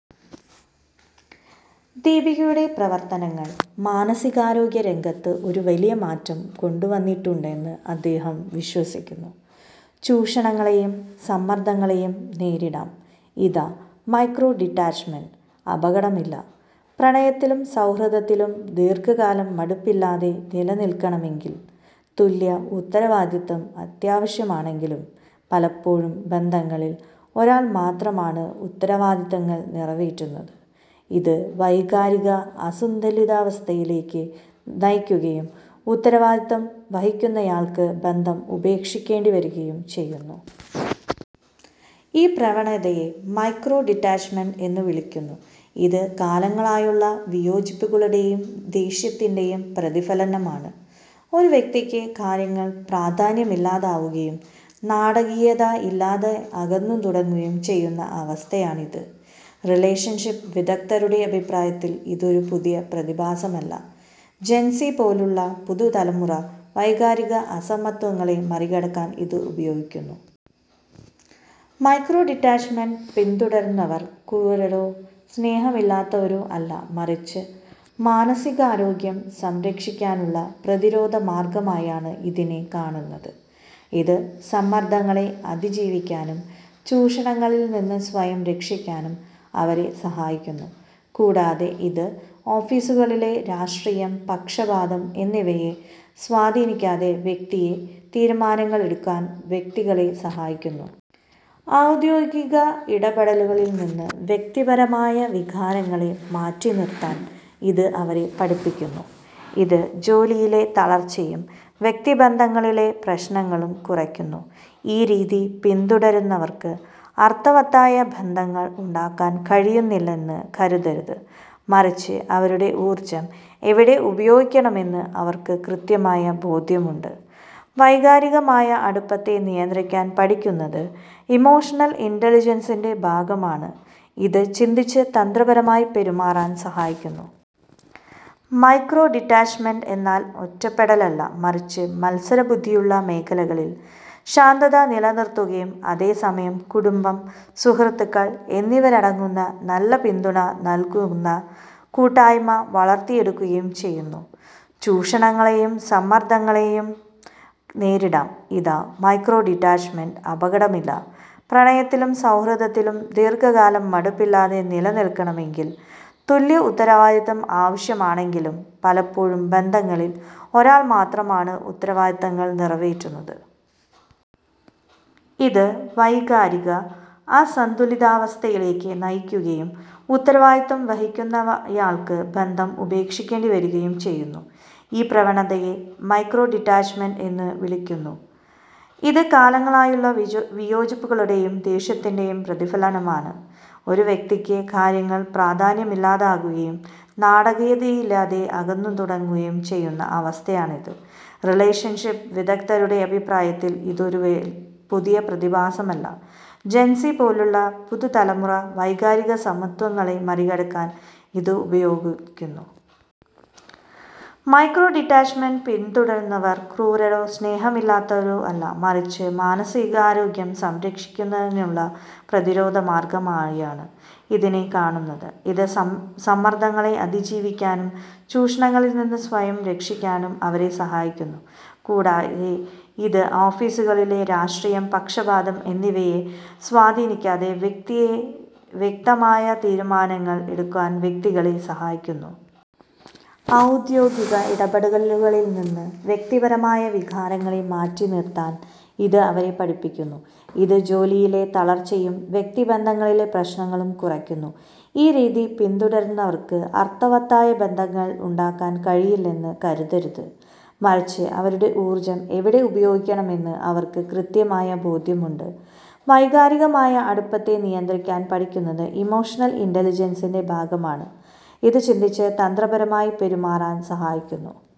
ദീപികയുടെ പ്രവർത്തനങ്ങൾ മാനസികാരോഗ്യ രംഗത്ത് ഒരു വലിയ മാറ്റം കൊണ്ടുവന്നിട്ടുണ്ടെന്ന് അദ്ദേഹം വിശ്വസിക്കുന്നു. ചൂഷണങ്ങളെയും സമ്മർദങ്ങളെയും നേരിടാം; ഇതാ മൈക്രോ ഡിറ്റാച്ച്മെന്റ്, അപകടമില്ല! പ്രണയത്തിലും സൗഹൃദത്തിലും ദീർഘകാലം മടുപ്പില്ലാതെ നിലനിൽക്കണമെങ്കിൽ തുല്യ ഉത്തരവാദിത്തം ആവശ്യമാണെങ്കിലും, പലപ്പോഴും ബന്ധങ്ങളിൽ ഒരാൾ മാത്രമാണ് ഉത്തരവാദിത്തങ്ങൾ നിറവേറ്റുന്നത്. ഇത് വൈകാരിക അസന്തുലിതാവസ്ഥയിലേക്ക് നയിക്കുകയും ഉത്തരവാദിത്തം വഹിക്കുന്നയാൾക്ക് ബന്ധം ഉപേക്ഷിക്കേണ്ടി വരികയും ചെയ്യുന്നു. ഈ പ്രവണതയെ മൈക്രോ ഡിറ്റാച്ച്മെന്റ് എന്ന് വിളിക്കുന്നു, ഇത് കാലങ്ങളായുള്ള വിയോജിപ്പുകളുടെയും ദേഷ്യത്തിന്റെയും പ്രതിഫലനമാണ്. ഒരു വ്യക്തിക്ക് കാര്യങ്ങൾ പ്രാധാന്യമില്ലാതാവുകയും നാടകീയതയില്ലാതെ അകന്നു തുടങ്ങുകയും ചെയ്യുന്ന അവസ്ഥയാണിത്. റിലേഷൻഷിപ് വിദഗ്ധരുടെ അഭിപ്രായത്തിൽ, ഇത് ഒരു പുതിയ പ്രതിഭാസമല്ല, ജെൻസി പോലുള്ള പുതുതലമുറ വൈകാരിക അസമത്വങ്ങളെ മറികടക്കാൻ ഇത് ഉപയോഗിക്കുന്നു. മൈക്രോ ഡിറ്റാച്ച്മെന്റ് പിന്തുടരുന്നവർ ക്രൂരരോ സ്നേഹമില്ലാത്തവരോ അല്ല, മറിച്ച് മാനസികാരോഗ്യം സംരക്ഷിക്കാനുള്ള പ്രതിരോധ മാർഗ്ഗമായാണ് ഇതിനെ കാണുന്നത്. ഇത് സമ്മർദ്ദങ്ങളെ അതിജീവിക്കാനും ചൂഷണങ്ങളിൽ നിന്ന് സ്വയം രക്ഷിക്കാനും അവരെ സഹായിക്കുന്നു. കൂടാതെ, ഇത് ഓഫീസുകളിലെ രാഷ്ട്രീയം, പക്ഷപാതം എന്നിവയെ സ്വാധീനിക്കാതെ വ്യക്തമായ തീരുമാനങ്ങൾ എടുക്കാൻ വ്യക്തികളെ സഹായിക്കുന്നു. ഔദ്യോഗിക ഇടപെടലുകളിൽ നിന്ന് വ്യക്തിപരമായ വികാരങ്ങളെ മാറ്റിനിർത്താൻ ഇത് അവരെ പഠിപ്പിക്കുന്നു, ഇത് ജോലിയിലെ തളർച്ചയും വ്യക്തിബന്ധങ്ങളിലെ പ്രശ്നങ്ങളും കുറയ്ക്കുന്നു. ഈ രീതി പിന്തുടരുന്നവർക്ക് അർത്ഥവത്തായ ബന്ധങ്ങൾ ഉണ്ടാക്കാൻ കഴിയില്ലെന്ന് കരുതരുത്, മറിച്ച് അവരുടെ ഊർജ്ജം എവിടെ ഉപയോഗിക്കണമെന്ന് അവർക്ക് കൃത്യമായ ബോധ്യമുണ്ട്. വൈകാരികമായ അടുപ്പത്തെ നിയന്ത്രിക്കാൻ പഠിക്കുന്നത് ഇമോഷണൽ ഇന്റലിജൻസിന്റെ ഭാഗമാണ്, ഇത് ചിന്തിച്ച് തന്ത്രപരമായി പെരുമാറാൻ സഹായിക്കുന്നു. മൈക്രോ ഡിറ്റാച്ച്മെന്റ് എന്നാൽ ഒറ്റപ്പെടലല്ല, മറിച്ച് മത്സരബുദ്ധിയുള്ള മേഖലകളിൽ ശാന്തത നിലനിർത്തുകയും അതേസമയം കുടുംബം, സുഹൃത്തുക്കൾ എന്നിവരടങ്ങുന്ന നല്ല പിന്തുണ നൽകുന്ന കൂട്ടായ്മ വളർത്തിയെടുക്കുകയും ചെയ്യുന്നു. ചൂഷണങ്ങളെയും സമ്മർദങ്ങളെയും നേരിടാം; ഇതാ മൈക്രോ ഡിറ്റാച്ച്മെന്റ്, അപകടമില്ല! പ്രണയത്തിലും സൗഹൃദത്തിലും ദീർഘകാലം മടുപ്പില്ലാതെ നിലനിൽക്കണമെങ്കിൽ തുല്യ ഉത്തരവാദിത്തം ആവശ്യമാണെങ്കിലും, പലപ്പോഴും ബന്ധങ്ങളിൽ ഒരാൾ മാത്രമാണ് ഉത്തരവാദിത്തങ്ങൾ നിറവേറ്റുന്നത്. ഇത് വൈകാരിക അസന്തുലിതാവസ്ഥയിലേക്ക് നയിക്കുകയും ഉത്തരവാദിത്തം വഹിക്കുന്നയാൾക്ക് ബന്ധം ഉപേക്ഷിക്കേണ്ടി വരികയും ചെയ്യുന്നു. ഈ പ്രവണതയെ മൈക്രോ ഡിറ്റാച്ച്മെന്റ് എന്ന് വിളിക്കുന്നു, ഇത് കാലങ്ങളായുള്ള വിയോജിപ്പുകളുടെയും ദേഷ്യത്തിന്റെയും പ്രതിഫലനമാണ്. ഒരു വ്യക്തിക്ക് കാര്യങ്ങൾ പ്രാധാന്യമില്ലാതാവുകയും നാടകീയതയില്ലാതെ അകന്നു തുടങ്ങുകയും ചെയ്യുന്ന അവസ്ഥയാണിത്. റിലേഷൻഷിപ് വിദഗ്ധരുടെ അഭിപ്രായത്തിൽ, ഇത് ഒരു പുതിയ പ്രതിഭാസമല്ല, ജെൻസി പോലുള്ള പുതുതലമുറ വൈകാരിക അസമത്വങ്ങളെ മറികടക്കാൻ ഇത് ഉപയോഗിക്കുന്നു. മൈക്രോ ഡിറ്റാച്ച്മെന്റ് പിന്തുടരുന്നവർ ക്രൂരരോ സ്നേഹമില്ലാത്തവരോ അല്ല, മറിച്ച് മാനസികാരോഗ്യം സംരക്ഷിക്കാനുള്ള പ്രതിരോധ മാർഗ്ഗമായാണ് ഇതിനെ കാണുന്നത്. ഇത് സമ്മർദ്ദങ്ങളെ അതിജീവിക്കാനും ചൂഷണങ്ങളിൽ നിന്ന് സ്വയം രക്ഷിക്കാനും അവരെ സഹായിക്കുന്നു. കൂടാതെ, ഇത് ഓഫീസുകളിലെ രാഷ്ട്രീയം, പക്ഷപാതം എന്നിവയെ സ്വാധീനിക്കാതെ വ്യക്തമായ തീരുമാനങ്ങൾ എടുക്കാൻ വ്യക്തികളെ സഹായിക്കുന്നു. ഔദ്യോഗിക ഇടപെടലുകളിൽ നിന്ന് വ്യക്തിപരമായ വികാരങ്ങളെ മാറ്റിനിർത്താൻ ഇത് അവരെ പഠിപ്പിക്കുന്നു, ഇത് ജോലിയിലെ തളർച്ചയും വ്യക്തിബന്ധങ്ങളിലെ പ്രശ്നങ്ങളും കുറയ്ക്കുന്നു. ഈ രീതി പിന്തുടരുന്നവർക്ക് അർത്ഥവത്തായ ബന്ധങ്ങൾ ഉണ്ടാക്കാൻ കഴിയില്ലെന്ന് കരുതരുത്, മറിച്ച് അവരുടെ ഊർജ്ജം എവിടെ ഉപയോഗിക്കണമെന്ന് അവർക്ക് കൃത്യമായ ബോധ്യമുണ്ട്. വൈകാരികമായ അടുപ്പത്തെ നിയന്ത്രിക്കാൻ പഠിക്കുന്നത് ഇമോഷണൽ ഇന്റലിജൻസിന്റെ ഭാഗമാണ്, ഇത് ചിന്തിച്ച് തന്ത്രപരമായി പെരുമാറാൻ സഹായിക്കുന്നു.